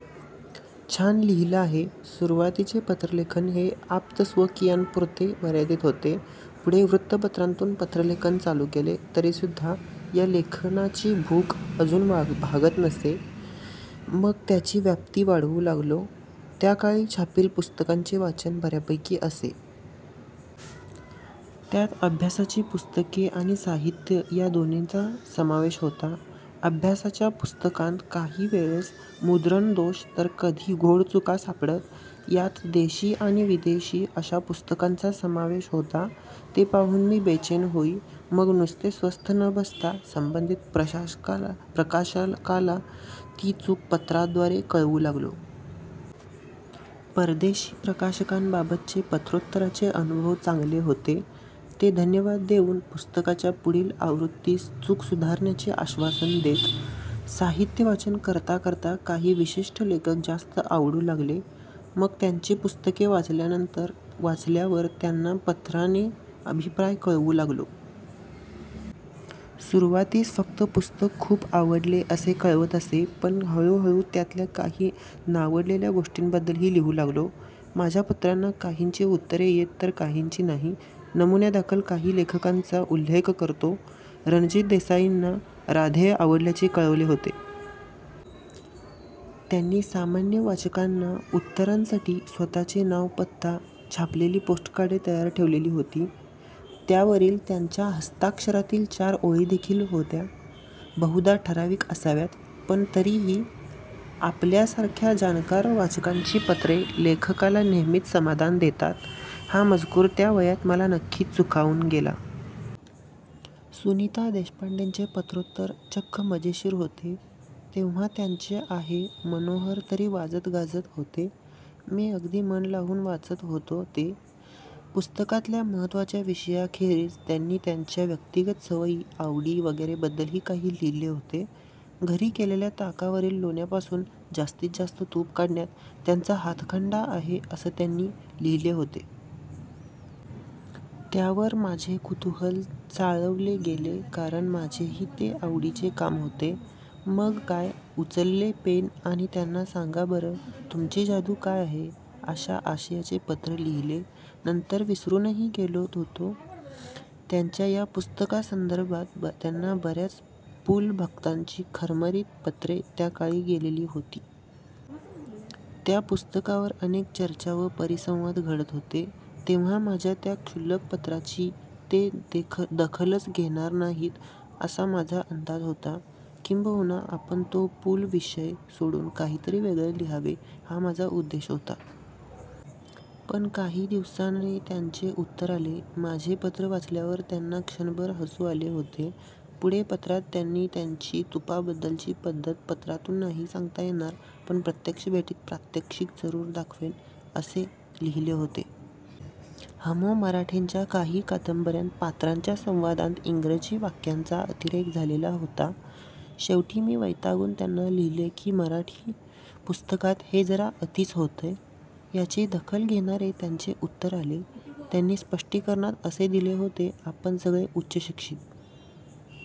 छान लिहिलं आहे. सुरुवातीचे पत्रलेखन हे आप्तस्वकीयांपुरते मर्यादित होते. पुढे वृत्तपत्रांतून पत्रलेखन चालू केले. तरीसुद्धा या लेखनाची भूक अजून भागत नसे! मग त्याची व्याप्ती वाढवू लागलो. त्या काळी छापील पुस्तकांचे वाचन बऱ्यापैकी असे. त्यात अभ्यासाची पुस्तके आणि साहित्य या दोन्हींचा समावेश होता. अभ्यासाच्या पुस्तकांत काही वेळेस मुद्रणदोष तर कधी घोडचुका सापडत. यात देशी आणि विदेशी अशा पुस्तकांचा समावेश होता. ते पाहून मी बेचैन होई. मग नुसते स्वस्थ न बसता संबंधित प्रकाशकाला ती चूक पत्राद्वारे कळवू लागलो. परदेशी प्रकाशकांबाबतचे पत्रोत्तराचे अनुभव चांगले होते. ते धन्यवाद देऊन पुस्तकाच्या पुढील आवृत्तीत चूक सुधारण्याचे आश्वासन देत. साहित्यवाचन करता करता काही विशिष्ट लेखक जास्त आवडू लागले. मग त्यांची पुस्तके वाचल्यावर त्यांना पत्राने अभिप्राय कळवू लागलो. सुरुवातीस फक्त पुस्तक खूप आवडले असे कळवत असे. पण हळूहळू त्यातल्या काही नावडलेल्या गोष्टींबद्दलही लिहू लागलो. माझ्या पत्रांना काहींची उत्तरे येत तर काहींची नाही. नमुन्यादाखल काही लेखकांचा उल्लेख करतो. रणजित देसाईंना राधेय आवडल्याचे कळवले होते. त्यांनी सामान्य वाचकांना उत्तरांसाठी स्वतःचे नाव-पत्ता छापलेली पोस्टकार्डे तयार ठेवलेली होती. त्यावरील त्यांच्या हस्ताक्षरातील चार ओळीदेखील बहुधा ठराविक असाव्यात. पण तरीही, आपल्यासारख्या जाणकार वाचकांची पत्रे लेखकाला नेहमीच समाधान देतात, हा मजकूर त्या वयात मला नक्कीच सुखावून गेला. सुनीता देशपांडेंचे पत्रोत्तर चक्क मजेशीर होते. तेव्हा त्यांचे आहे मनोहर तरी वाजतगाजत होते. मी अगदी मन लावून वाचले होते ते. पुस्तकातल्या महत्त्वाच्या विषयाखेरीज त्यांनी त्यांच्या व्यक्तिगत सवयी, आवडी वगैरेबद्दलही काही लिहिले होते. घरी केलेल्या ताकावरील लोण्यापासून जास्तीत जास्त तूप काढण्यात त्यांचा हातखंडा आहे, असे त्यांनी लिहिले होते. त्यावर माझे कुतूहल चाळवले गेले कारण माझेही ते आवडीचे काम होते. मग काय, उचलले पेन आणि त्यांना सांगा बरं, तुमची जादू काय आहे, अशा आशयाचे पत्र लिहिले. नंतर विसरूनही गेलो होतो. त्यांच्या या पुस्तकासंदर्भात त्यांना बऱ्याच पुलं-भक्तांची खरमरीत पत्रे त्या काळी गेलेली होती. त्या पुस्तकावर अनेक चर्चा व परिसंवाद घडत होते. तेव्हा माझ्या या क्षुल्लक पत्राची ते दखलच घेणार नाहीत असा माझा अंदाज होता. किंबहुना आपण तो पुलं विषय सोडून काहीतरी वेगळे लिहावे हा माझा उद्देश होता. पण काही दिवसांनी त्यांचे उत्तर आले. माझे पत्र वाचल्यावर त्यांना क्षणभर हसू आले होते. पुढे पत्रात त्यांनी, त्यांची तुपाबद्दलची पद्धत पत्रातून नाही सांगता येणार पण प्रत्यक्ष भेटीत प्रात्यक्षिक जरूर दाखवेन, असे लिहिले होते. हमो मराठेंच्या काही कादंबऱ्यांत पात्रांच्या संवादांत इंग्रजी वाक्यांचा अतिरेक झालेला होता. शेवटी मी वैतागून त्यांना लिहिले की मराठी पुस्तकात हे जरा अतिच होतंय. याची दखल घेणारे त्यांचे उत्तर आले. त्यांनी स्पष्टीकरण असे दिले होते. आपण सगळे उच्चशिक्षित